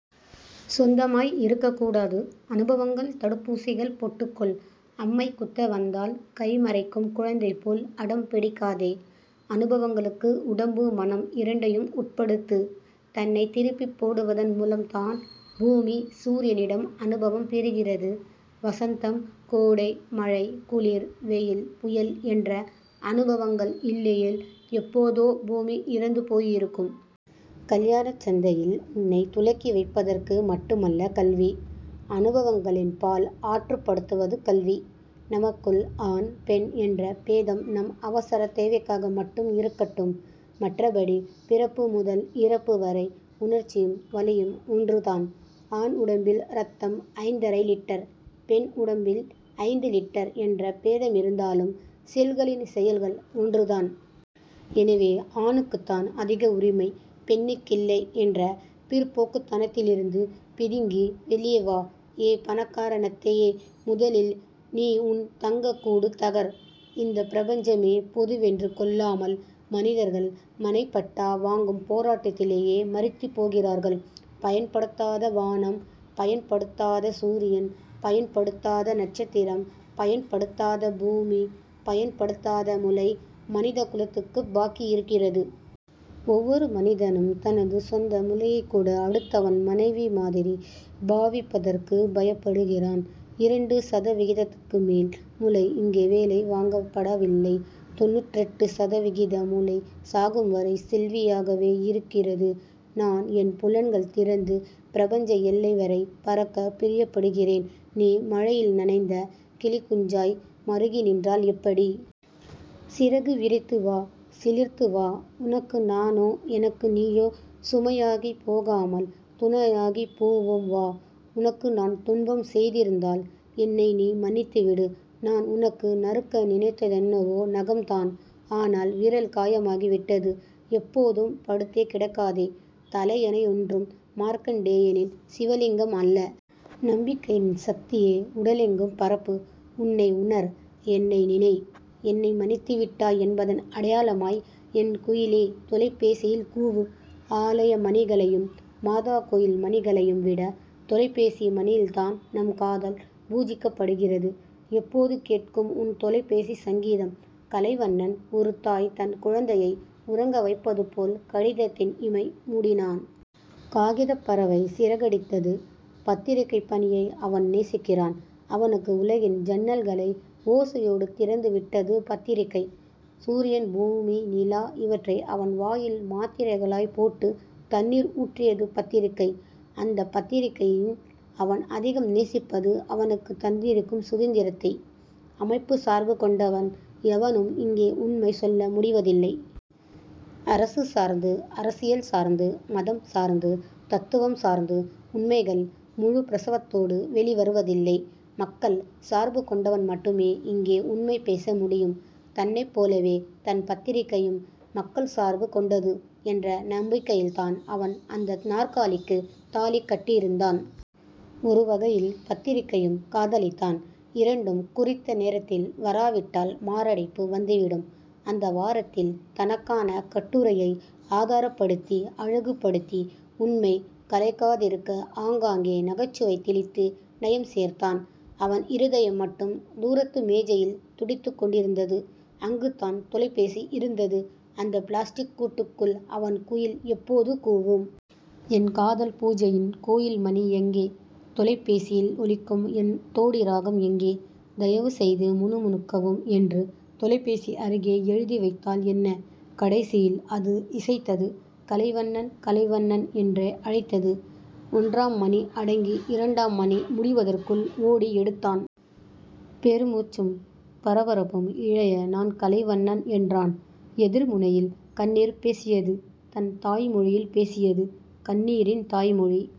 சொந்தமாய் இருக்கக்கூடாது. அனுபவங்கள் தடுப்பூசிகள். போட்டுக்கொள். அம்மைகுத்த வந்தால் கைமறைக்கும் குழந்தைபோல் அடம்பிடிக்காதே. அனுபவங்களுக்கு உடம்பு, மனம் இரண்டையும் உட்படுத்து. தன்னைத் திருப்பிப் போடுவதன் முலம்தான் பூமி சூரியனிடம் அனுபவம் பெறுகிறது. வசந்தம் கோடை மழை குளிர் வெயில் புயல் என்ற அனுபவங்கள் இல்லையேல் எப்போதோ பூமி இறந்துபோயிருக்கும். கல்யாணச் சந்தையில் உன்னைத் துலக்கிவைப்பதற்கு மட்டுமல்ல கல்வி. அனுபவங்களின்பால் ஆற்றுப்படுத்துவது கல்வி. நமக்குள் ஆண் பெண் என்ற பேதம் நம் அவசரத்தேவைக்காக மட்டும் இருக்கட்டும். மற்றபடி பிறப்புமுதல் இறப்புவரை உணர்ச்சியும் வலியும் ஒன்றுதான். ஆண் உடம்பில் ரத்தம் ஐந்தரை லிட்டர். பெண் உடம்பில் ஐந்து லிட்டர் என்ற பேதமிருந்தாலும் செல்களின் செயல்கள் ஒன்றுதான். எனவே ஆணுக்குத்தான் அதிக உரிமை. பெண்ணுக்கில்லை என்ற பிற்போக்குத்தனத்திலிருந்து பிதுங்கி வெளியே வா. ஏ பணக்கார நத்தையே. முதலில் நீ உன் தங்கக்கூடு தகர். இந்தப் பிரபஞ்சமே பொதுவென்று கொள்ளாமல் மனிதர்கள் மனைப்பட்டா வாங்கும் போராட்டத்திலேயே மரித்துப்போகிறார்கள். பயன்படுத்தாத வானம் பயன்படுத்தாத சூரியன் பயன்படுத்தாத நட்சத்திரம் பயன்படுத்தாத பூமி பயன்படுத்தாத முளை மனிதகுலத்துக்குப் பாக்கியிருக்கிறது. ஒவ்வொரு மனிதனும் தனது சொந்த முளையைக்கூட அடுத்தவன் மனைவிமாதிரி பாவிப்பதற்குப் பயப்படுகிறான். இரண்டு சதவிகிதத்துக்குமேல் முளை இங்கே வேலை வாங்கப்படவில்லை. தொண்ணூற்றெட்டு சதவிகித முளை சாகும்வரை செல்வியாகவே இருக்கிறது. நான் என் புலன்கள் திறந்து பிரபஞ்ச எல்லைவரை பறக்கப் பிரியப்படுகிறேன். நீ மழையில் நனைந்த கிளிக்குஞ்சாய் மறுகிநின்றால் எப்படி? சிறகு விரித்து வா. சிலிர்த்து வா. உனக்கு நானோ எனக்கு நீயோ சுமையாகிப் போகாமல் துணையாகிப் போவோம் வா. உனக்கு நான் துன்பம் செய்திருந்தால் என்னை நீ மன்னித்துவிடு நான் உனக்கு நறுக்க நினைத்தென்னவோ நகம்தான். ஆனால், விரல் காயமாகிவிட்டது. எப்போதும் படுத்தே கிடக்காதே. தலையணையொன்றும் மார்க்கண்டேயனின் சிவலிங்கம் அல்ல. நம்பிக்கையின் சக்தியை உடலெங்கும் பரப்பு உன்னை உணர் என்னை நினை. என்னை மன்னித்துவிட்டாய் என்பதன் அடையாளமாய் என் குயிலே தொலைபேசியில் கூவு. ஆலயமணிகளையும் மாதாகோயில் மணிகளையும் விட தொலைபேசி மணியில்தான் நம் காதல் பூஜிக்கப்படுகிறது. எப்போது கேட்கும் உன் தொலைபேசிச் சங்கீதம்? கலைவண்ணன் ஒருதாய் தன் குழந்தையை உறங்கவைப்பது போல் கடிதத்தின் இமை முடினான். காகிதப் பறவை சிறகடித்தது. பத்திரிகைப் பணியை அவன் நேசிக்கிறான். அவனுக்கு உலகின் ஜன்னல்களை ஓசையோடு திறந்துவிட்டது பத்திரிகை. சூரியன் பூமி நிலா இவற்றை அவன் வாயில் மாத்திரைகளாய்ப் போட்டு தண்ணீர் ஊற்றியது பத்திரிகை. அந்தப் பத்திரிகையில் அவன் அதிகம் நேசிப்பது அவனுக்குத் தந்திருக்கும் சுதந்திரத்தை. அமைப்புச் சார்புகொண்டவன் எவனும் இங்கே உண்மை சொல்லமுடிவதில்லை. அரசு சார்ந்து அரசியல் சார்ந்து மதம் சார்ந்து தத்துவம் சார்ந்து உண்மைகள் முழுப்பிரசவத்தோடு வெளிவருவதில்லை. மக்கள் சார்பு கொண்டவன் மட்டுமே இங்கே உண்மை பேச முடியும். தன்னைப் போலவே தன் பத்திரிகையும் மக்கள் சார்பு கொண்டது என்ற நம்பிக்கையில்தான் அவன் அந்த நாற்காலிக்குத் தாலிக் கட்டியிருந்தான். ஒருவகையில் பத்திரிகையும் காதலிதான். இரண்டும் குறித்த நேரத்தில் வராவிட்டால் மாரடைப்பு வந்துவிடும். அந்த வாரத்தில் தனக்கான கட்டுரையை ஆதாரப்படுத்தி அழகுபடுத்தி உண்மை களைக்காதிருக்க அங்காங்கே நகைச்சுவை தெளித்து நயம் சேர்த்தான். அவன் இருதயம் மட்டும் தூரத்து மேஜையில் துடித்துக் கொண்டிருந்தது. அங்குதான் தொலைபேசி இருந்தது. அந்த பிளாஸடிக் கூட்டுக்குள் அவன் குயில் எப்போது கூவும்? என் காதல் பூஜையின் கோயில்மணி எங்கே? தொலைபேசியில் ஒலிக்கும் என் தோடி ராகம் எங்கே? தயவுசெய்து முணுமுணுக்கவும் என்று தொலைபேசி அருகே எழுதிவைத்தால் என்ன? கடைசியில் அது இசைத்தது கலைவண்ணன் கலைவண்ணன் என்றே அழைத்தது. ஒன்றாம் மணி அடங்கி இரண்டாம் மணி முடிவதற்குள் ஓடி எடுத்தான். பெருமுச்சும் பரபரப்பும் இழைய நான் கலைவண்ணன் என்றான். எதிர்முனையில் கண்ணீர் பேசியது தன் தாய்மொழியில் பேசியது. கண்ணீரின் தாய்மொழி